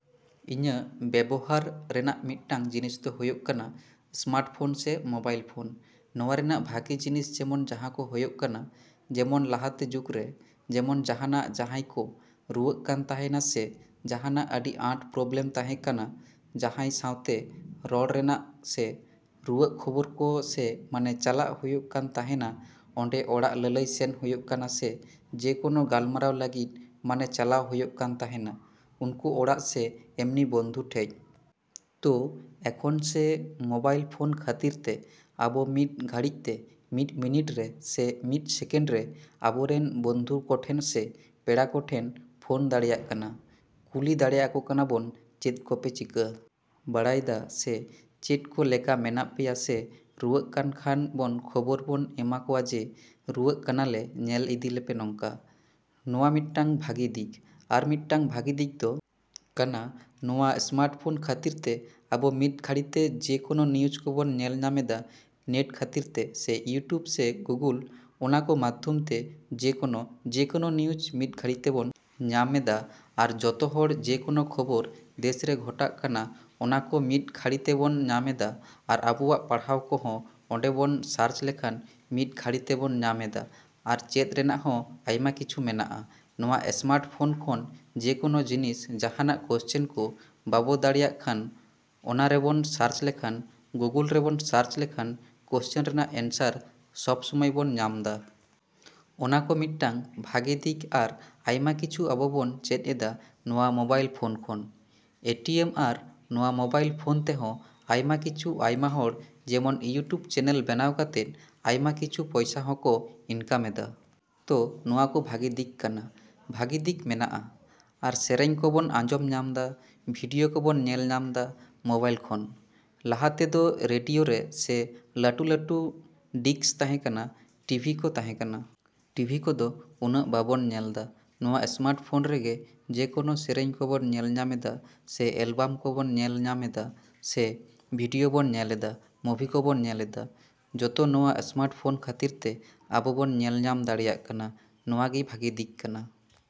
‎ᱤᱧᱟᱹᱜ ᱵᱮᱵᱚᱦᱟᱨ ᱨᱮᱱᱟᱜ ᱢᱤᱫᱴᱟᱝ ᱡᱤᱱᱤᱥ ᱫᱚ ᱦᱩᱭᱩᱜ ᱠᱟᱱᱟ ᱥᱢᱟᱨᱴᱯᱷᱳᱱ ᱥᱮ ᱢᱳᱵᱟᱭᱤᱞ ᱯᱷᱳᱱ᱾ ᱱᱚᱣᱟ ᱨᱮᱱᱟᱜ ᱵᱷᱟᱹᱜᱤ ᱡᱤᱱᱤᱥ ᱡᱮᱢᱚᱱ ᱡᱟᱦᱟᱸ ᱠᱚ ᱦᱩᱭᱩᱜ ᱠᱟᱱᱟ, ᱡᱮᱢᱚᱱ ᱞᱟᱦᱟᱛᱮ ᱡᱩᱜᱽᱨᱮ ᱡᱮᱢᱚᱱ ᱡᱟᱦᱟᱸᱱᱟᱜ ᱡᱟᱦᱟᱸᱭ ᱠᱚ ᱨᱩᱣᱟᱹᱜ ᱠᱟᱱ ᱛᱟᱦᱮᱸᱱᱟ ᱥᱮ ᱡᱟᱦᱟᱸᱱᱟᱜ ᱟᱹᱰᱤ ᱟᱸᱴ ᱯᱨᱚᱵᱮᱞᱮᱢ ᱛᱟᱸᱦᱮ ᱠᱟᱱᱟ, ᱡᱟᱸᱦᱟᱭ ᱥᱟᱣᱛᱮ ᱨᱚᱲ ᱨᱮᱱᱟᱜ ᱥᱮ ᱨᱩᱣᱟᱹᱜ ᱠᱷᱚᱵᱚᱨ ᱠᱚ ᱥᱮ ᱢᱟᱱᱮ ᱪᱟᱞᱟᱜ ᱦᱩᱭᱩᱜ ᱠᱟᱱ ᱛᱟᱸᱦᱮᱱᱟ ᱚᱸᱰᱮ ᱚᱲᱟᱜ ᱞᱟᱹᱞᱟᱹᱭ ᱥᱮᱱ ᱦᱩᱭᱩᱜ ᱠᱟᱱᱟ ᱥᱮ ᱡᱮᱠᱳᱱᱳ ᱜᱟᱞᱢᱟᱨᱟᱣ ᱞᱟᱹᱜᱤᱫ ᱢᱟᱱᱮ ᱪᱟᱞᱟᱣ ᱦᱩᱭᱩᱜ ᱠᱟᱱ ᱛᱟᱦᱮᱸᱱᱟ ᱩᱱᱠᱩ ᱚᱲᱟᱜ ᱥᱮ ᱮᱢᱱᱤ ᱵᱚᱱᱫᱷᱩ ᱴᱷᱮᱡ᱾ ᱛᱳ ᱮᱠᱷᱚᱱ ᱥᱮ ᱢᱳᱵᱟᱭᱤᱞ ᱯᱷᱳᱱ ᱠᱷᱟᱹᱛᱤᱨ ᱛᱮ ᱟᱵᱚ ᱢᱤᱫ ᱜᱷᱟᱹᱲᱤᱡᱛᱮ ᱢᱤᱫ ᱢᱤᱱᱤᱴ ᱨᱮ ᱥᱮ ᱢᱤᱫ ᱥᱮᱠᱮᱱᱰ ᱨᱮ ᱟᱵᱚ ᱨᱮᱱ ᱵᱚᱱᱫᱷᱩ ᱠᱚᱴᱷᱮᱱ ᱥᱮ ᱯᱮᱲᱟ ᱠᱚᱴᱷᱮᱱ ᱯᱷᱳᱱ ᱫᱟᱲᱮᱭᱟᱜ ᱠᱟᱱᱟ, ᱠᱩᱞᱤ ᱫᱟᱲᱮ ᱟᱠᱚ ᱠᱟᱱᱟ ᱵᱚᱱ ᱪᱮᱫ ᱠᱚᱯᱮ ᱪᱤᱠᱟ. ᱵᱟᱲᱟᱭ ᱫᱟ ᱥᱮ ᱪᱮᱫ ᱠᱚ ᱞᱮᱠᱟ ᱢᱮᱱᱟᱜ ᱯᱮᱭᱟ ᱥᱮ ᱨᱩᱣᱟᱹᱜ ᱠᱟᱱ ᱠᱷᱟᱱ ᱵᱚᱱ ᱠᱷᱚᱵᱚᱨ ᱵᱚᱱ ᱮᱢᱟ ᱠᱚᱣᱟ ᱡᱮ ᱨᱩᱣᱟᱹᱜ ᱠᱟᱱᱟᱞᱮ ᱧᱮᱞ ᱤᱫᱤ ᱞᱮᱯᱮ ᱱᱚᱝᱠᱟ᱾ ᱱᱚᱣᱟ ᱢᱤᱫᱴᱟᱹᱝ ᱵᱷᱟᱹᱜᱤ ᱫᱤᱠ᱾ ᱟᱨ ᱢᱤᱫᱴᱟᱹᱝ ᱵᱷᱟᱹᱜᱤ ᱫᱤᱠ ᱫᱚ ᱠᱟᱱᱟ ᱱᱚᱣᱟ ᱥᱢᱟᱨᱴ ᱯᱷᱳᱱ ᱠᱷᱟᱹᱛᱤᱨ ᱛᱮ ᱟᱵᱚ ᱢᱤᱫᱽ ᱜᱷᱟᱹᱲᱤᱛᱮ ᱡᱮ ᱠᱳᱱᱳ ᱱᱤᱭᱩᱥ ᱠᱚᱵᱚᱱ ᱧᱮᱞ ᱧᱟᱢ ᱮᱫᱟ ᱱᱮᱴ ᱠᱷᱟᱹᱛᱤᱨ ᱛᱮ ᱥᱮ ᱤᱭᱩᱴᱩᱵ ᱥᱮ ᱜᱩᱜᱳᱞ ᱚᱱᱟ ᱠᱚ ᱢᱟᱫᱽᱫᱷᱚᱢ ᱛᱮ ᱡᱮᱠᱳᱱᱳ ᱡᱮᱠᱳᱱᱳ ᱱᱤᱭᱩᱡ ᱢᱤᱫ ᱜᱷᱟᱹᱲᱤᱡ ᱛᱮᱵᱚᱱ ᱧᱟᱢ ᱮᱫᱟ ᱟᱨ ᱡᱚᱛᱚ ᱦᱚᱲ ᱡᱮᱠᱳᱱᱳ ᱠᱷᱚᱵᱚᱨ ᱫᱮᱥᱨᱮ ᱜᱷᱚᱴᱟᱜ ᱠᱟᱱᱟ ᱚᱱᱟ ᱠᱚ ᱢᱤᱫ ᱜᱷᱟᱹᱲᱤ ᱛᱮᱵᱚᱱ ᱧᱟᱢᱮᱫᱟ ᱟᱨ ᱟᱵᱚᱣᱟᱜ ᱯᱟᱲᱦᱟᱣ ᱠᱚᱦᱚᱸ ᱚᱸᱰᱮ ᱵᱚᱱ ᱥᱟᱨᱪ ᱞᱮᱠᱷᱟᱱ ᱢᱤᱫ ᱜᱷᱟᱹᱲᱤ ᱛᱮᱵᱚᱱ ᱧᱟᱢ ᱮᱫᱟ ᱟᱨ ᱪᱮᱫ ᱨᱮᱱᱟᱜ ᱦᱚᱸ ᱟᱭᱢᱟ ᱠᱤᱪᱷᱩ ᱢᱮᱱᱟᱜᱼᱟ ᱱᱚᱣᱟ ᱮᱥᱢᱟᱨᱴ ᱯᱷᱳᱱ ᱠᱷᱚᱱ ᱡᱮ ᱠᱳᱱᱳ ᱡᱤᱱᱤᱥ ᱡᱟᱦᱟᱸᱱᱟᱜ ᱠᱚᱥᱪᱮᱱ ᱠᱚ ᱵᱟᱵᱚ ᱫᱟᱲᱮᱭᱟᱜ ᱠᱷᱟᱱ ᱚᱱᱟ ᱨᱮᱵᱚᱱ ᱥᱟᱨᱪ ᱞᱮᱠᱷᱟᱡ ᱜᱩᱜᱳᱞ ᱨᱮᱵᱚᱱ ᱥᱟᱨᱪ ᱞᱮᱠᱷᱟᱡ ᱠᱚᱥᱪᱮᱱ ᱨᱮᱱᱟᱜ ᱮᱱᱥᱟᱨ ᱥᱚᱵ ᱥᱚᱢᱚᱭ ᱵᱚᱱ ᱧᱟᱢᱫᱟ᱾ ᱚᱱᱟ ᱠᱚ ᱢᱤᱫᱴᱟᱝ ᱵᱷᱟᱹᱜᱤ ᱫᱤᱠ ᱟᱨ ᱟᱭᱢᱟ ᱠᱤᱪᱷᱩ ᱟᱵᱚ ᱵᱚᱱ ᱪᱮᱫ ᱮᱫᱟ ᱱᱚᱣᱟ ᱢᱳᱵᱟᱭᱤᱞ ᱯᱷᱳᱱ ᱠᱷᱚᱱ᱾ ᱮᱴᱤᱭᱮᱢ ᱟᱨ ᱱᱚᱣᱟ ᱢᱳᱵᱟᱭᱤᱞ ᱯᱷᱳᱱ ᱛᱮᱦᱚᱸ ᱟᱭᱢᱟ ᱠᱤᱪᱷᱩ ᱟᱭᱢᱟ ᱦᱚᱲ ᱡᱮᱢᱚᱱ ᱤᱭᱩᱴᱩᱵᱽ ᱪᱮᱱᱮᱞ ᱵᱮᱱᱟᱣ ᱠᱟᱛᱮᱫ ᱟᱭᱢᱟ ᱠᱤᱪᱷᱩ ᱯᱚᱭᱥᱟ ᱦᱚᱸᱠᱚ ᱤᱱᱠᱟᱢ ᱮᱫᱟ᱾ ᱛᱳ ᱱᱚᱣᱟ ᱠᱚ ᱵᱷᱟᱹᱜᱤ ᱫᱤᱠ ᱠᱟᱱᱟ, ᱵᱷᱟᱹᱜᱤ ᱫᱤᱠ ᱢᱮᱱᱟᱜᱼᱟ᱾ ᱟᱨ ᱥᱮᱨᱮᱧ ᱠᱚᱵᱚᱱ ᱟᱸᱡᱚᱢ ᱧᱟᱢᱫᱟ, ᱵᱷᱤᱰᱭᱳ ᱠᱚᱵᱚᱱ ᱧᱮᱞ ᱧᱟᱢ ᱫᱟ ᱢᱳᱵᱟᱭᱤᱞ ᱠᱷᱚᱱ᱾ ᱞᱟᱦᱟ ᱛᱮᱫᱚ ᱨᱮᱰᱤᱭᱳ ᱨᱮ ᱥᱮ ᱞᱟᱹᱴᱩ ᱞᱟᱹᱴᱩ ᱰᱤᱥᱠ ᱛᱟᱸᱦᱮ ᱠᱟᱱᱟ, ᱴᱤᱵᱷᱤ ᱠᱚ ᱛᱟᱸᱦᱮ ᱠᱟᱱᱟ᱾ ᱴᱤᱵᱷᱤ ᱠᱚᱫᱚ ᱩᱱᱟᱹᱜ ᱵᱟᱵᱚᱱ ᱧᱮᱞᱫᱟ᱾ ᱱᱚᱣᱟ ᱥᱢᱟᱨᱴ ᱯᱷᱳᱱ ᱨᱮᱜᱮ ᱡᱮᱠᱳᱱᱳ ᱥᱮᱨᱮᱧ ᱠᱚᱵᱚᱱ ᱧᱮᱞ ᱧᱟᱢ ᱮᱫᱟ ᱥᱮ ᱮᱞᱵᱟᱢ ᱠᱚᱵᱚᱱ ᱧᱮᱞ ᱧᱟᱢ ᱮᱫᱟ ᱥᱮ ᱵᱷᱤᱰᱭᱳ ᱵᱚᱱ ᱧᱮᱞᱮᱫᱟ, ᱢᱳᱵᱷᱤ ᱠᱚᱵᱚᱱ ᱧᱮᱞᱮᱫᱟ᱾ ᱡᱚᱛᱚ ᱱᱚᱣᱟ ᱥᱢᱟᱨᱴ ᱯᱷᱳᱱ ᱠᱷᱟᱹᱛᱤᱨ ᱛᱮ ᱟᱵᱚ ᱵᱚᱱ ᱧᱮᱞ ᱧᱟᱢ ᱫᱟᱲᱮᱭᱟᱜ ᱠᱟᱱᱟ᱾ ᱱᱚᱣᱟ ᱠᱚᱜᱮ ᱵᱷᱟᱹᱜᱤ ᱫᱤᱠ ᱠᱟᱱᱟ᱾।